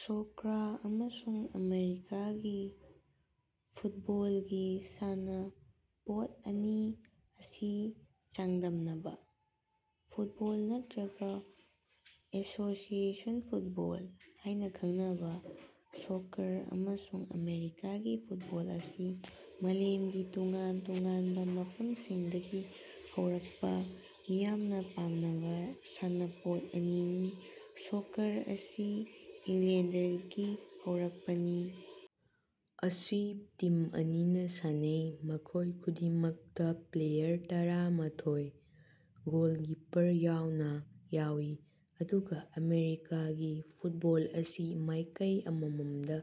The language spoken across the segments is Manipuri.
ꯁꯣꯀ꯭ꯔ ꯑꯃꯁꯨꯡ ꯑꯃꯦꯔꯤꯀꯥꯒꯤ ꯐꯨꯠꯕꯣꯜꯒꯤ ꯁꯥꯟꯅꯄꯣꯠ ꯑꯅꯤ ꯑꯁꯤ ꯆꯥꯡꯗꯝꯅꯕ ꯫ ꯐꯨꯠꯕꯣꯜ ꯅꯠꯇꯔ꯭ꯒ ꯑꯦꯁꯣꯁꯤꯑꯦꯁꯟ ꯐꯨꯠꯕꯣꯜ ꯍꯥꯏꯅ ꯈꯪꯅꯕ ꯁꯣꯀ꯭ꯔ ꯑꯃꯁꯨꯡ ꯑꯃꯦꯔꯤꯀꯥꯒꯤ ꯐꯨꯠꯕꯣꯜ ꯑꯁꯤ ꯃꯥꯂꯦꯝꯒꯤ ꯇꯣꯉꯥꯟ ꯇꯣꯉꯥꯟꯕ ꯃꯐꯝꯁꯤꯡꯗꯒꯤ ꯍꯧꯔꯛꯄ ꯃꯤꯌꯥꯝꯅ ꯄꯥꯝꯅꯕ ꯁꯥꯟꯅꯄꯣꯠ ꯑꯅꯤꯅꯤ꯫ ꯁꯣꯀ꯭ꯔ ꯑꯁꯤ ꯏꯪꯂꯦꯟꯗꯒꯤ ꯍꯧꯔꯛꯄꯅꯤ ꯑꯁꯤ ꯇꯤꯝ ꯑꯅꯤꯅ ꯁꯥꯟꯅꯩ, ꯃꯈꯣꯏ ꯈꯨꯗꯤꯡꯃꯛꯇ ꯄ꯭ꯂꯦꯌꯥꯔ ꯇꯔꯥ ꯃꯥꯊꯣꯏ (ꯒꯣꯜꯀꯤꯄ꯭ꯔ ꯌꯥꯎꯅ) ꯌꯥꯎꯏ, ꯑꯗꯨꯒ ꯑꯃꯦꯔꯤꯀꯥꯒꯤ ꯐꯨꯠꯕꯣꯜ ꯑꯁꯤ ꯃꯥꯏꯀꯩ ꯑꯃꯃꯝꯗ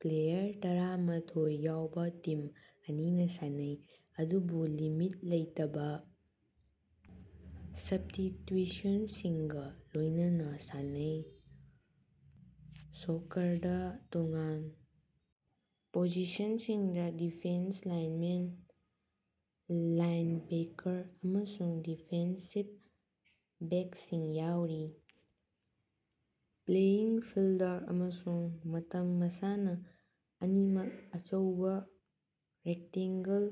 ꯄ꯭ꯂꯦꯌꯥꯔ ꯇꯔꯥ ꯃꯥꯊꯣꯏ ꯌꯥꯎꯕ ꯇꯤꯝ ꯑꯅꯤꯅ ꯁꯥꯟꯅꯩ, ꯑꯗꯨꯕꯨ ꯂꯤꯃꯤꯠ ꯂꯩꯇꯕ ꯁꯕꯇꯤꯇ꯭ꯌꯨꯁꯟꯁꯤꯡꯒ ꯂꯣꯏꯅꯅ ꯁꯥꯟꯅꯩ꯫ ꯁꯣꯀ꯭ꯔꯗ ꯇꯣꯉꯥꯟ ꯄꯣꯖꯤꯁꯟꯁꯤꯡꯗ ꯗꯤꯐꯦꯟꯁ ꯂꯥꯏꯟꯃꯦꯟ, ꯂꯥꯏꯟꯕꯦꯀꯔ ꯑꯃꯁꯨꯡ ꯗꯤꯐꯦꯟꯁꯤꯚ ꯕꯦꯛꯁꯤꯡ ꯌꯥꯎꯔꯤ꯫ ꯄ꯭ꯂꯦꯌꯤꯡ ꯐꯤꯜꯗ ꯑꯃꯁꯨꯡ ꯃꯇꯝ: ꯃꯁꯥꯅ ꯑꯅꯤꯃꯛ ꯑꯆꯧꯕ ꯔꯦꯛꯇꯡꯒꯜ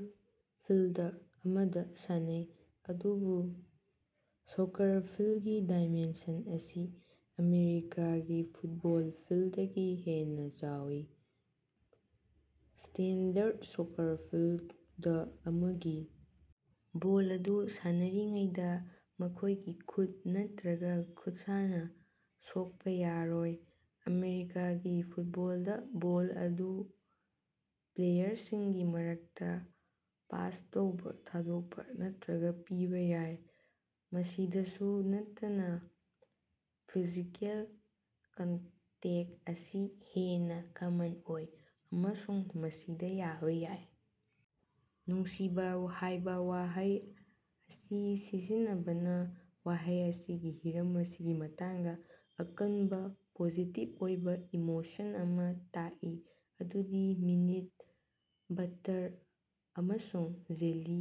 ꯐꯤꯜꯗ ꯑꯃꯗ ꯁꯥꯟꯅꯩ, ꯑꯗꯨꯕꯨ ꯁꯣꯀ꯭ꯔ ꯐꯤꯜꯒꯤ ꯗꯥꯏꯃꯦꯟꯁꯟ ꯑꯁꯤ ꯑꯃꯦꯔꯤꯀꯥꯒꯤ ꯐꯨꯠꯕꯣꯜ ꯐꯤꯜꯗꯗꯒꯤ ꯍꯦꯟꯅ ꯆꯥꯎꯏ꯫ ꯁ꯭ꯇꯦꯟꯗꯔꯗ ꯁꯣꯀ꯭ꯔ ꯐꯤꯜꯗ ꯑꯃꯒꯤ ꯕꯣꯜ ꯑꯗꯨ ꯁꯥꯟꯅꯔꯤꯉꯩꯗ ꯃꯈꯣꯏꯒꯤ ꯈꯨꯠ ꯅꯠꯇꯔ꯭ꯒ ꯈꯨꯠꯁꯥꯅ ꯁꯣꯛꯄ ꯌꯥꯔꯣꯏ꯫ ꯑꯃꯦꯔꯤꯀꯥꯒꯤ ꯐꯨꯠꯕꯣꯜꯗ ꯕꯣꯜ ꯑꯗꯨ ꯄ꯭ꯂꯦꯌꯔꯁꯤꯡꯒꯤ ꯃꯔꯛꯇ ꯄꯥꯁ ꯇꯧꯕ, ꯊꯥꯗꯣꯛꯄ ꯅꯠꯇꯔ꯭ꯒ ꯄꯤꯕꯥ ꯌꯥꯏ꯫ ꯃꯁꯤꯗꯁꯨ ꯅꯠꯇꯅ, ꯐꯤꯖꯤꯀꯦꯜ ꯀꯟꯇꯦꯛ ꯑꯁꯤ ꯍꯦꯟꯅ ꯀꯃꯟ ꯑꯣꯏ ꯑꯃꯁꯨꯡ ꯃꯁꯤꯗ ꯌꯥꯕ ꯌꯥꯏ꯫ "ꯅꯨꯡꯁꯤꯕꯥ" ꯍꯥꯏꯕ ꯋꯥꯍꯩ ꯑꯁꯤ ꯁꯤꯖꯤꯟꯅꯕꯅ ꯋꯥꯍꯩ ꯑꯁꯤꯒꯤ ꯍꯤꯔꯝ ꯑꯁꯤꯒꯤ ꯃꯇꯥꯡꯗ ꯑꯀꯟꯕ ꯄꯣꯖꯤꯇꯤꯕ ꯑꯣꯏꯕ ꯏꯃꯣꯁꯟ ꯑꯃ ꯇꯥꯛꯏ, ꯑꯗꯨꯗꯤ ꯄꯤꯅꯥꯠ ꯕꯠꯇꯔ ꯑꯃꯁꯨꯡ ꯖꯦꯂꯤ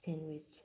ꯁꯦꯟꯋꯤꯆ꯫